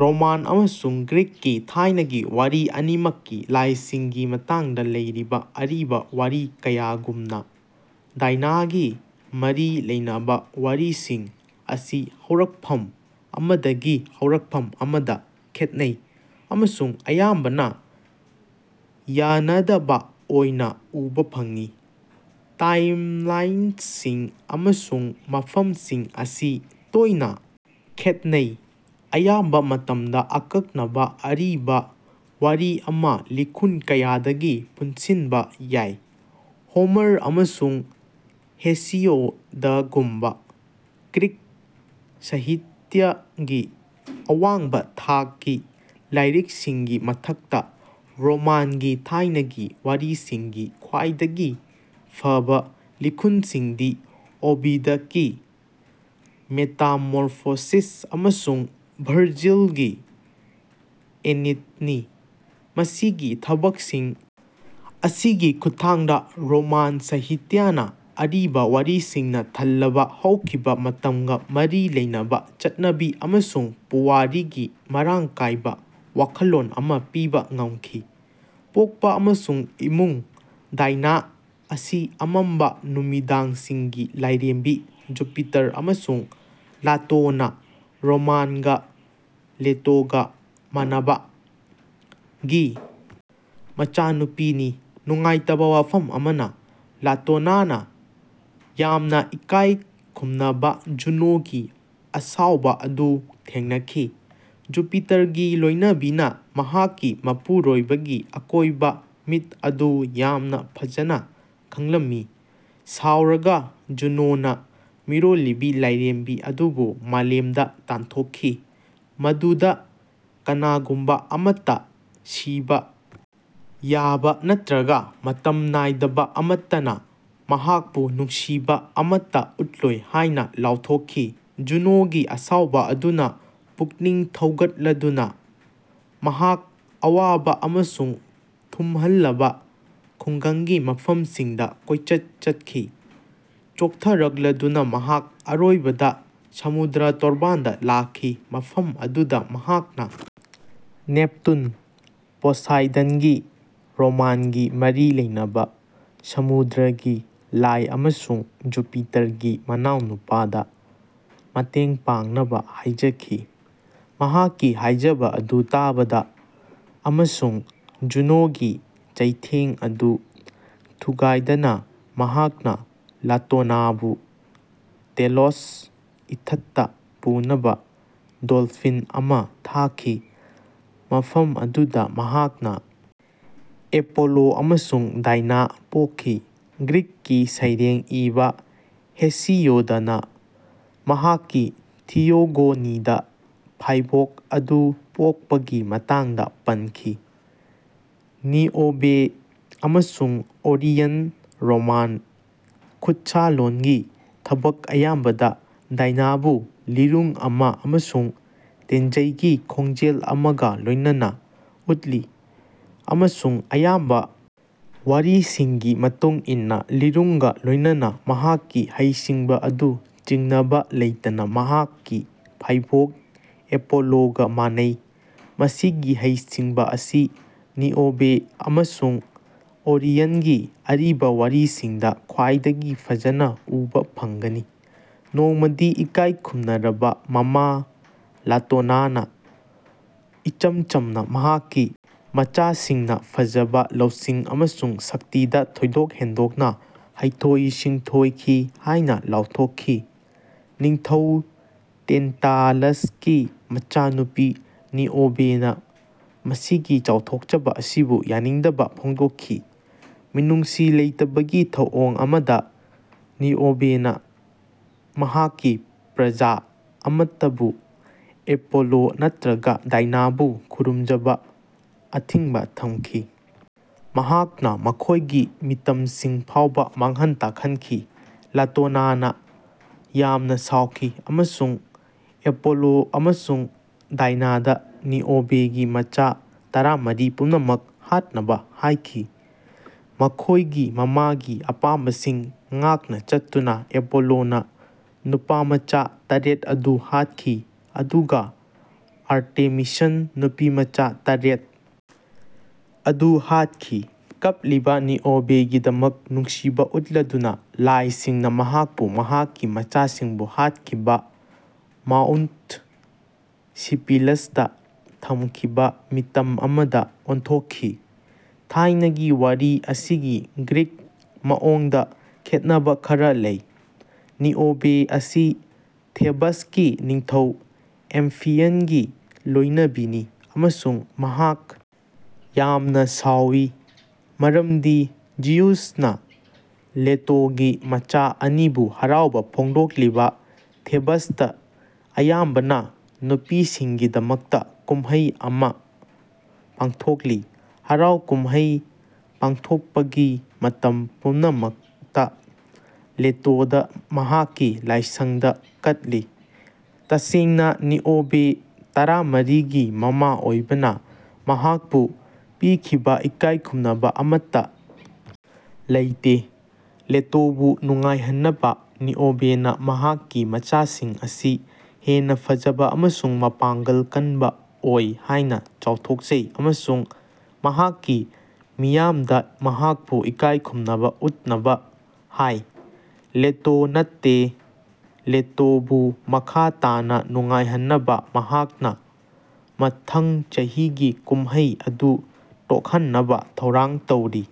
Roman ꯑꯃꯁꯨꯡ ꯒ꯭ꯔꯤꯛꯀꯤ ꯊꯥꯏꯅꯒꯤ ꯋꯥꯔꯤ ꯑꯅꯤꯃꯛꯀꯤ ꯂꯥꯏꯁꯤꯡꯒꯤ ꯃꯇꯥꯡꯗ ꯂꯩꯔꯤꯕ ꯑꯔꯤꯕ ꯋꯥꯔꯤ ꯀꯌꯥꯒꯨꯝꯅ, ꯗꯥꯏꯅꯥꯒ ꯃꯔꯤ ꯂꯩꯅꯕ ꯋꯥꯔꯤꯁꯤꯡ ꯑꯁꯤ ꯍꯧꯔꯛꯐꯝ ꯑꯃꯗꯒꯤ ꯍꯧꯔꯛꯐꯝ ꯑꯃꯗ ꯈꯦꯠꯅꯩ ꯑꯃꯁꯨꯡ ꯑꯌꯥꯝꯕꯅ ꯌꯥꯅꯗꯕ ꯑꯣꯏꯅ ꯎꯕ ꯐꯪꯏ꯫ ꯇꯥꯏꯝꯂꯥꯏꯟꯁꯤꯡ ꯑꯃꯁꯨꯡ ꯃꯐꯝꯁꯤꯡ ꯑꯁꯤ ꯇꯣꯏꯅ ꯈꯦꯠꯅꯩ꯫ ꯑꯌꯥꯝꯕ ꯃꯇꯝꯗ, ꯑꯀꯛꯅꯕ ꯑꯔꯤꯕ ꯋꯥꯔꯤ ꯑꯃ ꯂꯤꯈꯨꯟ ꯀꯌꯥꯗꯒꯤ ꯄꯨꯟꯁꯤꯟꯕ ꯌꯥꯏ꯫ ꯍꯣꯃꯔ ꯑꯃꯁꯨꯡ ꯍꯦꯁꯤꯑꯣꯗꯒꯨꯝꯕ ꯒ꯭ꯔꯤꯛ ꯁꯥꯍꯤꯇ꯭ꯌꯒꯤ ꯑꯋꯥꯡꯕ ꯊꯥꯛꯀꯤ ꯂꯥꯏꯔꯤꯛꯁꯤꯡꯒꯤ ꯃꯊꯛꯇ, ꯔꯣꯃꯥꯟꯒꯤ ꯊꯥꯏꯅꯒꯤ ꯋꯥꯔꯤꯁꯤꯡꯒꯤ ꯈ꯭ꯋꯥꯏꯗꯒꯤ ꯐꯕ ꯂꯤꯈꯨꯟꯁꯤꯡꯗꯤ ꯑꯣꯕꯤꯗꯀꯤ ꯃꯦꯇꯥꯃꯣꯔꯐꯣꯁꯤꯁ ꯑꯃꯁꯨꯡ ꯚꯔꯖꯤꯜꯒꯤ ꯑꯦꯅꯤꯠꯅꯤ꯫ ꯃꯁꯤꯒꯤ ꯊꯕꯛꯁꯤꯡ ꯑꯁꯤꯒꯤ ꯈꯨꯠꯊꯥꯡꯗ, ꯔꯣꯃꯥꯟ ꯁꯥꯍꯤꯇ꯭ꯌꯥꯅ ꯑꯔꯤꯕ ꯋꯥꯔꯤꯁꯤꯡꯅ ꯊꯜꯂꯕ ꯍꯧꯈꯤꯕ ꯃꯇꯝꯒ ꯃꯔꯤ ꯂꯩꯅꯕ ꯆꯠꯅꯕꯤ ꯑꯃꯁꯨꯡ ꯄꯨꯋꯥꯔꯤꯒꯤ ꯃꯔꯥꯡ ꯀꯥꯏꯕ ꯋꯥꯈꯜꯂꯣꯟ ꯑꯃ ꯄꯤꯕ ꯉꯝꯈꯤ꯫ꯄꯣꯛꯄ ꯑꯃꯁꯨꯡ ꯏꯃꯨꯡ ꯗꯥꯏꯅꯥ ꯑꯁꯤ ꯑꯃꯝꯕ ꯅꯨꯃꯤꯗꯥꯡꯁꯤꯡꯒꯤ ꯂꯥꯏꯔꯦꯝꯕꯤ ꯖꯨꯄꯤꯇꯔ ꯑꯃꯁꯨꯡ ꯂꯥꯇꯣꯅꯥ (ꯔꯣꯃꯥꯟꯒ ꯂꯦꯇꯣꯒ ꯃꯥꯟꯅꯕ)ꯒꯤ ꯃꯆꯥꯅꯨꯄꯤꯅꯤ꯫ ꯅꯨꯡꯉꯥꯏꯇꯕ ꯋꯥꯐꯝ ꯑꯃꯅ, ꯂꯥꯇꯣꯅꯥꯅ ꯌꯥꯝꯅ ꯏꯀꯥꯏ ꯈꯨꯝꯅꯕ ꯖꯨꯅꯣꯒꯤ ꯑꯁꯥꯎꯕ ꯑꯗꯨ ꯊꯦꯡꯅꯈꯤ꯫ ꯖꯨꯄꯤꯇꯔꯒꯤ ꯂꯣꯏꯅꯕꯤꯅ ꯃꯍꯥꯛꯀꯤ ꯃꯄꯨꯔꯣꯏꯕꯒꯤ ꯑꯀꯣꯏꯕ ꯃꯤꯠ ꯑꯗꯨ ꯌꯥꯝꯅ ꯐꯖꯅ ꯈꯪꯂꯝꯃꯤ꯫ ꯁꯥꯎꯔꯒ ꯖꯨꯅꯣꯅ ꯃꯤꯔꯣꯜꯂꯤꯕꯤ ꯂꯥꯏꯔꯦꯝꯕꯤ ꯑꯗꯨꯕꯨ ꯃꯥꯂꯦꯝꯗ ꯇꯥꯟꯊꯣꯛꯈꯤ, ꯃꯗꯨꯗ ꯀꯅꯥꯒꯨꯝꯕ ꯑꯃꯠꯇ, ꯁꯤꯕ ꯌꯥꯕ ꯅꯠꯇ꯭ꯔꯒ ꯃꯇꯝ ꯅꯥꯏꯗꯕ ꯑꯃꯠꯇꯅ ꯃꯍꯥꯛꯄꯨ ꯅꯨꯡꯁꯤꯕ ꯑꯃꯠꯇ ꯎꯠꯂꯣꯏ ꯍꯥꯏꯅ ꯂꯥꯎꯊꯣꯛꯈꯤ꯫ ꯖꯨꯅꯣꯒꯤ ꯑꯁꯥꯎꯕ ꯑꯗꯨꯅ ꯄꯨꯛꯅꯤꯡ ꯊꯧꯒꯠꯂꯗꯨꯅ, ꯃꯍꯥꯛ ꯑꯋꯥꯕ ꯑꯃꯁꯨꯡ ꯊꯨꯝꯍꯜꯂꯕ ꯈꯨꯡꯒꯪꯒꯤ ꯃꯐꯝꯁꯤꯡꯗ ꯀꯣꯏꯆꯠ ꯆꯠꯈꯤ꯫ ꯆꯣꯛꯊꯔꯛꯂꯗꯨꯅ, ꯃꯍꯥꯛ ꯑꯔꯣꯏꯕꯗ ꯁꯃꯨꯗ꯭ꯔ ꯇꯣꯔꯕꯥꯟꯗ ꯂꯥꯛꯈꯤ ꯃꯐꯝ ꯑꯗꯨꯗ ꯃꯍꯥꯛꯅ ꯅꯦꯞꯇꯨꯟ (ꯄꯣꯁꯥꯏꯗꯟꯒꯤ ꯔꯣꯃꯥꯟꯒꯤ ꯃꯔꯤ ꯂꯩꯅꯕ), ꯁꯃꯨꯗ꯭ꯔꯒꯤ ꯂꯥꯏ ꯑꯃꯁꯨꯡ ꯖꯨꯄꯤꯇꯔꯒꯤ ꯃꯅꯥꯎꯅꯨꯄꯥꯗꯥ ꯃꯇꯦꯡ ꯄꯥꯡꯅꯕ ꯍꯥꯏꯖꯈꯤ꯫ ꯃꯍꯥꯛꯀꯤ ꯍꯥꯏꯖꯕ ꯑꯗꯨ ꯇꯥꯕꯗ ꯑꯃꯁꯨꯡ ꯖꯨꯅꯣꯒꯤ ꯆꯩꯊꯦꯡ ꯑꯗꯨ ꯊꯨꯒꯥꯏꯗꯅ, ꯃꯍꯥꯛꯅ ꯂꯥꯇꯣꯅꯥꯕꯨ ꯗꯦꯂꯣꯁ ꯏꯊꯠꯇ ꯄꯨꯅꯕ ꯗꯣꯜꯐꯤꯟ ꯑꯃ ꯊꯥꯈꯤ ꯃꯐꯝ ꯑꯗꯨꯗ ꯃꯍꯥꯛꯅ ꯑꯦꯄꯣꯂꯣ ꯑꯃꯁꯨꯡ ꯗꯥꯏꯅꯥ ꯄꯣꯛꯈꯤ꯫ ꯒ꯭ꯔꯤꯛꯀꯤ ꯁꯩꯔꯦꯡ ꯏꯕ ꯍꯦꯁꯤꯌꯣꯗꯅ ꯃꯍꯥꯛꯀꯤ ꯊꯤꯌꯣꯒꯣꯅꯤꯗ ꯐꯥꯏꯕꯣꯛ ꯑꯗꯨ ꯄꯣꯛꯄꯒꯤ ꯃꯇꯥꯡꯗ ꯄꯟꯈꯤ: ꯅꯤꯑꯣꯕꯦ ꯑꯃꯁꯨꯡ ꯑꯣꯔꯤꯌꯟ ꯔꯣꯃꯥꯟ ꯈꯨꯠꯁꯥꯂꯣꯟꯒꯤ ꯊꯕꯛ ꯑꯌꯥꯝꯕꯗ, ꯗꯥꯏꯅꯥꯕꯨ ꯂꯤꯔꯨꯡ ꯑꯃ ꯑꯃꯁꯨꯡ ꯇꯦꯟꯖꯩꯒꯤ ꯈꯣꯡꯖꯦꯜ ꯑꯃꯒ ꯂꯣꯏꯅꯅ ꯎꯠꯂꯤ, ꯑꯃꯁꯨꯡ ꯑꯌꯥꯝꯕ ꯋꯥꯔꯤꯁꯤꯡꯒꯤ ꯃꯇꯨꯡ ꯏꯟꯅ, ꯂꯤꯔꯨꯡꯒ ꯂꯣꯏꯅꯅ ꯃꯍꯥꯛꯀꯤ ꯍꯩꯁꯤꯡꯕ ꯑꯗꯨ ꯆꯤꯡꯅꯕ ꯂꯩꯇꯅ ꯃꯍꯥꯛꯀꯤ ꯐꯥꯏꯕꯣꯛ ꯑꯦꯄꯣꯂꯣꯒ ꯃꯥꯟꯅꯩ꯫ ꯃꯁꯤꯒꯤ ꯍꯩꯁꯤꯡꯕ ꯑꯁꯤ ꯅꯤꯑꯣꯕꯦ ꯑꯃꯁꯨꯡ ꯑꯣꯔꯤꯌꯟꯒꯤ ꯑꯔꯤꯕ ꯋꯥꯔꯤꯁꯤꯡꯗ ꯈ꯭ꯋꯥꯏꯗꯒꯤ ꯐꯖꯅ ꯎꯕ ꯐꯪꯒꯅꯤ꯫ ꯅꯣꯡꯃꯗꯤ ꯏꯀꯥꯏ ꯈꯨꯝꯅꯔꯕ ꯃꯃꯥ ꯂꯥꯇꯣꯅꯥꯅ ꯏꯆꯝ-ꯆꯝꯅ ꯃꯍꯥꯛꯀꯤ ꯃꯆꯥꯁꯤꯡꯅ ꯐꯖꯕ, ꯂꯧꯁꯤꯡ ꯑꯃꯁꯨꯡ ꯁꯛꯇꯤꯗ ꯊꯣꯏꯗꯣꯛ ꯍꯦꯟꯗꯣꯛꯅ ꯍꯩꯊꯣꯏ-ꯁꯤꯡꯊꯣꯏꯈꯤ ꯍꯥꯏꯅ ꯂꯥꯎꯊꯣꯛꯈꯤ꯫ ꯅꯤꯡꯊꯧ ꯇꯦꯟꯇꯥꯂꯁꯀꯤ ꯃꯆꯥꯅꯨꯄꯤ ꯅꯤꯑꯣꯕꯦꯅ ꯃꯁꯤꯒꯤ ꯆꯥꯎꯊꯣꯛꯆꯕ ꯑꯁꯤꯕꯨ ꯌꯥꯅꯤꯡꯗꯕ ꯐꯣꯡꯗꯣꯛꯈꯤ꯫ ꯃꯤꯅꯨꯡꯁꯤ ꯂꯩꯇꯕꯒꯤ ꯊꯧꯑꯣꯡ ꯑꯃꯗ, ꯅꯤꯑꯣꯕꯦꯅ ꯃꯍꯥꯛꯀꯤ ꯄ꯭ꯔꯖꯥ ꯑꯃꯠꯇꯕꯨ ꯑꯦꯄꯣꯂꯣ ꯅꯠꯇ꯭ꯔꯒ ꯗꯥꯏꯅꯥꯕꯨ ꯈꯨꯔꯨꯝꯖꯕ ꯑꯊꯤꯡꯕ ꯊꯝꯈꯤ꯫ ꯃꯍꯥꯛꯅ ꯃꯈꯣꯏꯒꯤ ꯃꯤꯇꯝꯁꯤꯡ ꯐꯥꯎꯕ ꯃꯥꯡꯍꯟ ꯇꯥꯛꯍꯟꯈꯤ꯫ ꯂꯥꯇꯣꯅꯥꯅ ꯌꯥꯝꯅ ꯁꯥꯎꯈꯤ ꯑꯃꯁꯨꯡ ꯑꯦꯄꯣꯂꯣ ꯑꯃꯁꯨꯡ ꯗꯥꯏꯅꯥꯗ ꯅꯤꯑꯣꯕꯦꯒꯤ ꯃꯆꯥ ꯇꯔꯥꯃꯔꯤ ꯄꯨꯝꯅꯃꯛ ꯍꯥꯠꯅꯕ ꯍꯥꯏꯈꯤ꯫ ꯃꯈꯣꯏꯒꯤ ꯃꯃꯥꯒꯤ ꯑꯄꯥꯝꯕꯁꯤꯡ ꯉꯥꯛꯅ ꯆꯠꯇꯨꯅ ꯑꯦꯄꯣꯂꯣꯅ ꯅꯨꯄꯥꯃꯆꯥ ꯇꯔꯦꯠ ꯑꯗꯨ ꯍꯥꯠꯈꯤ ꯑꯗꯨꯒ ꯑꯥꯔꯇꯦꯃꯤꯁꯟ ꯅꯨꯄꯤꯃꯆꯥ ꯇꯔꯦꯠ ꯑꯗꯨ ꯍꯥꯠꯈꯤ꯫ ꯀꯞꯂꯤꯕꯥ ꯅꯤꯑꯣꯕꯦꯒꯤꯗꯃꯛ ꯅꯨꯡꯁꯤꯕ ꯎꯠꯂꯗꯨꯅ, ꯂꯥꯏꯁꯤꯡꯅ ꯃꯍꯥꯛꯄꯨ ꯃꯍꯥꯛꯀꯤ ꯃꯆꯥꯁꯤꯡꯕꯨ ꯍꯥꯠꯈꯤꯕ ꯃꯥꯎꯟꯠ ꯁꯤꯄꯤꯂꯁꯇ ꯊꯝꯈꯤꯕ ꯃꯤꯇꯝ ꯑꯃꯗ ꯑꯣꯟꯊꯣꯛꯈꯤ꯫ ꯊꯥꯏꯅꯒꯤ ꯋꯥꯔꯤ ꯑꯁꯤꯒꯤ ꯒ꯭ꯔꯤꯛ ꯃꯑꯣꯡꯗ, ꯈꯦꯠꯅꯕ ꯈꯔ ꯂꯩ꯫ ꯅꯤꯑꯣꯕꯦ ꯑꯁꯤ ꯊꯦꯕꯁꯀꯤ ꯅꯤꯡꯊꯧ, ꯑꯦꯝꯐꯤꯌꯟꯒꯤ ꯂꯣꯏꯅꯕꯤꯅꯤ, ꯑꯃꯁꯨꯡ ꯃꯍꯥꯛ ꯌꯥꯝꯅ ꯁꯥꯎꯋꯤ ꯃꯔꯝꯗꯤ ꯖꯤꯎꯁꯅ ꯂꯦꯇꯣꯒꯤ ꯃꯆꯥ ꯑꯅꯤꯕꯨ ꯍꯔꯥꯎꯕ ꯐꯣꯡꯗꯣꯛꯂꯤꯕ ꯊꯦꯕꯁꯇ ꯑꯌꯥꯝꯕꯅ ꯅꯨꯄꯤꯁꯤꯡꯒꯤꯗꯃꯛꯇ ꯀꯨꯝꯍꯩ ꯑꯃ ꯄꯥꯡꯊꯣꯛꯂꯤ꯫ ꯍꯔꯥꯎ-ꯀꯨꯝꯍꯩ ꯄꯥꯡꯊꯣꯛꯄꯒꯤ ꯃꯇꯝ ꯄꯨꯝꯅꯃꯛꯇ, ꯂꯦꯇꯣꯗ ꯃꯍꯥꯛꯀꯤ ꯂꯥꯏꯁꯪꯗ ꯀꯠꯂꯤ꯫ ꯇꯁꯦꯡꯅ, ꯅꯤꯑꯣꯕꯦ, ꯇꯔꯥꯃꯔꯤꯒꯤ ꯃꯃꯥ ꯑꯣꯏꯕꯅ, ꯃꯍꯥꯛꯄꯨ ꯄꯤꯈꯤꯕ ꯏꯀꯥꯏ ꯈꯨꯝꯅꯕ ꯑꯃꯠꯇ ꯂꯩꯇꯦ꯫ ꯂꯦꯇꯣꯕꯨ ꯅꯨꯡꯉꯥꯏꯍꯟꯅꯕ, ꯅꯤꯑꯣꯕꯦꯅ ꯃꯍꯥꯛꯀꯤ ꯃꯆꯥꯁꯤꯡ ꯑꯁꯤ ꯍꯦꯟꯅ ꯐꯖꯕ ꯑꯃꯁꯨꯡ ꯃꯄꯥꯡꯒꯜ ꯀꯟꯕ ꯑꯣꯏ ꯍꯥꯏꯅ ꯆꯥꯎꯊꯣꯛꯆꯩ ꯑꯃꯁꯨꯡ ꯃꯍꯥꯛꯀꯤ ꯃꯤꯌꯥꯝꯗ ꯃꯍꯥꯛꯄꯨ ꯏꯀꯥꯏ ꯈꯨꯝꯅꯕ ꯎꯠꯅꯕ ꯍꯥꯏ, ꯂꯦꯇꯣ ꯅꯠꯇꯦ꯫ ꯂꯦꯇꯣꯕꯨ ꯃꯈꯥ ꯇꯥꯅ ꯅꯨꯡꯉꯥꯏꯍꯟꯅꯕ ꯃꯍꯥꯛꯅ ꯃꯊꯪ ꯆꯍꯤꯒꯤ ꯀꯨꯝꯍꯩ ꯑꯗꯨ ꯇꯣꯛꯍꯟꯅꯕ ꯊꯧꯔꯥꯡ ꯇꯧꯔꯤ꯫